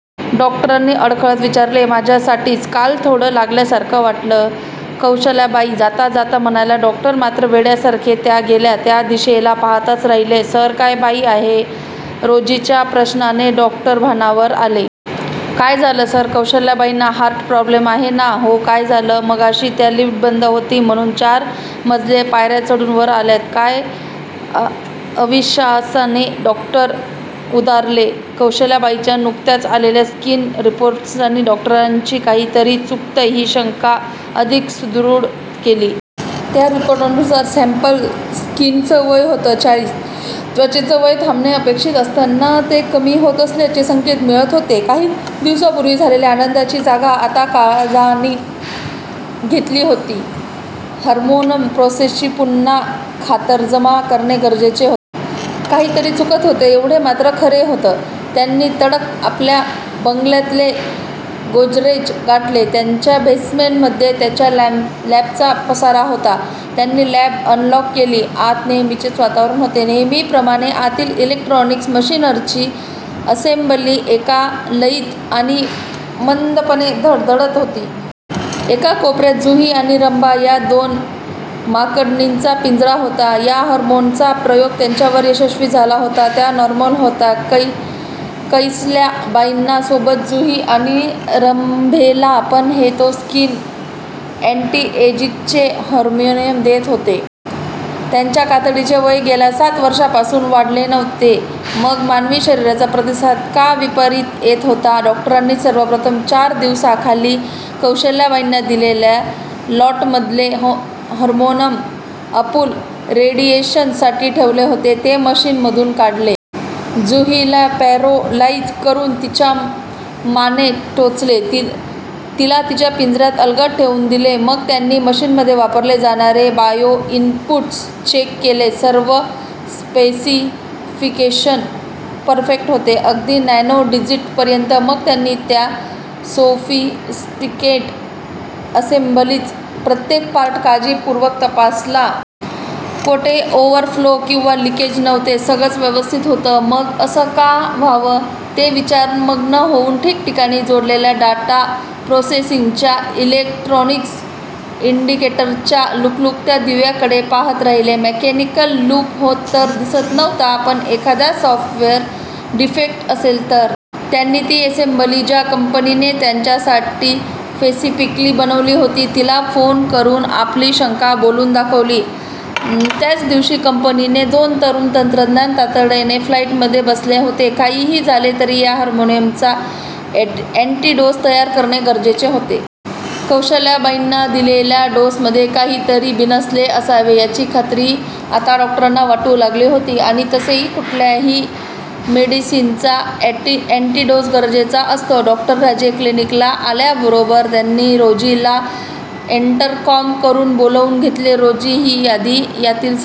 डॉक्टरांनी अडखळत विचारले. माझ्या साठीच! काल थोडं लागल्या सारखं वाटलं! कौसल्याबाई जाताजाता म्हणाल्या. डॉक्टर मात्र वेड्या सारखे त्या गेल्या त्या दिशेला पहातच राहिले! "सर, काय बाई आहे? " रोजीच्या प्रश्नाने डॉक्टर भानावर आले. "काय झालं? " "सर, कौशल्याबाईंना हार्ट प्रॉब्लेम आहे ना? " "हो. काय झालं? " "मघाशी त्या, लिफ्ट बंद होती म्हणून चार मजले पायऱ्याचढून वर आल्यात! " "काय? " अविश्वासाने डॉक्टर उद्गारले. कौसल्याबाईंच्या नुकत्याच आलेल्या स्किन रिपोर्टसनी डॉक्टरांची 'काहीतरी चुकतंय,' हि शंका अधिक दृढ केली. त्या रिपोर्ट नुसार सॅम्पल स्कीनचं वय होते चाळीस! त्वचेचं वय थांबणे अपेक्षित असताना, ते कमी होत असल्याचे संकेत मिळत होते! काही दिवसापूर्वी झालेल्या आनंदाची जागा आता काळजीने घेतली होती. हार्मोन प्रोसेसची पुन्हा खातरजमा करणे गरजेचे होते. काहीतरी चुकत होते एव्हडे मात्र खरे होते. त्यांनी तडक आपल्या बंगल्यातले ग्यारेज गाठले. त्याच्या बेसमेंट मध्ये त्यांच्या लॅबचा पसारा होता. त्यांनी लॅब अनलॉक केली. आत नेहमीचेच वातावरण होते. नेहमी प्रमाणे, आतील इलेकट्रोनिक्स मशीनरीची असेंब्ली एका लयीत आणि मंदपणे धडधडत होती. एका कोपऱ्यात 'जुही ' आणि 'रंभा ' या दोन माकडिणीनचा पिंजरा होता. त्या हार्मोनचा प्रयोग त्यांच्यावर यशस्वी झाला होता. त्या नॉर्मल होत्या. कौसल्याबाईन सोबत जुही आणि रंभेला पण ते तो स्किन अँटीएजिंगचे हार्मोन देत होते. त्यांच्या कातडीचे वय गेल्या सात वर्षांपासून वाढले नव्हते. मग मानवी शरीराचा प्रतिसाद का विपरीत येत होता? डॉक्टरांनी सर्वप्रथम चार दिवसाखाली कौसल्याबाईंना दिलेल्या लॉटमधले हार्मोन अंपुल रेडिएशन साठी ठेवले होते, ते मशीन मधून काढले. 'जुही'ला पॅरोलाईज करून, तिच्या मानेत टोचले. तिला तिच्या पिंजऱ्यात अलगद ठेवून दिले. मग त्यांनी मशीनमध्ये वापरले जाणारे, बायोइन्पुट्स चेक केले. सर्व स्पेसिफिकेशन परफेक्ट होते, अगदी नॅनो डिजिट पर्यंत! मग त्यांनी त्या सोफिस्टिकेटेड असेंब्लीच प्रत्येक पार्ट काळजी पूर्वक तपासला. कोठे ओव्हरफ्लो किंवा लिकेज नव्हते. सगळंच व्यवस्थित होत. मग असं का व्हावं? ते विचार मग्न होऊन ठिकठिकाणी जोडलेल्या डाटा प्रोसेसिंगच्या इलेकट्रोनिस इंडिकेटरच्या लुकलुकत्या दिव्यांकडे पहात राहिले. मेकॅनिकल लूप होत तर दिसत नव्हता, पण एखादा सॉफ्टवेयर डिफेक्ट असेल तर? त्यांनी ती असेम्ब्ली, ज्या कंपनीने त्यांच्या साठी स्पेसिफिकली बनवली होती, तिला फोन करून आपली शंका बोलून दाखवली. त्याच दिवशी कंपनीचे दोन तरुण तंत्रज्ञ तातडीने फ्लाईट मध्ये बसले होते. काही हि झाले तरी या हार्मोनचा ऍंटीडोस तयार करणे गरजेचे होते. कौसल्याबाईंना दिलेल्या डोसमध्ये काही तरी बिनसले असावे याची खात्री आता डॉक्टरांना वाटू लागली होती आणि तसेही कुठल्याही मेडिसिनचा अँटीडोस गरजेचा असतो. डॉ. राजे क्लिनिकला आल्याबरोबर त्यांनी रोजीला इंटरकॉम करून बोलावून घेतले. रोजी, हि यादी. यातील सर्व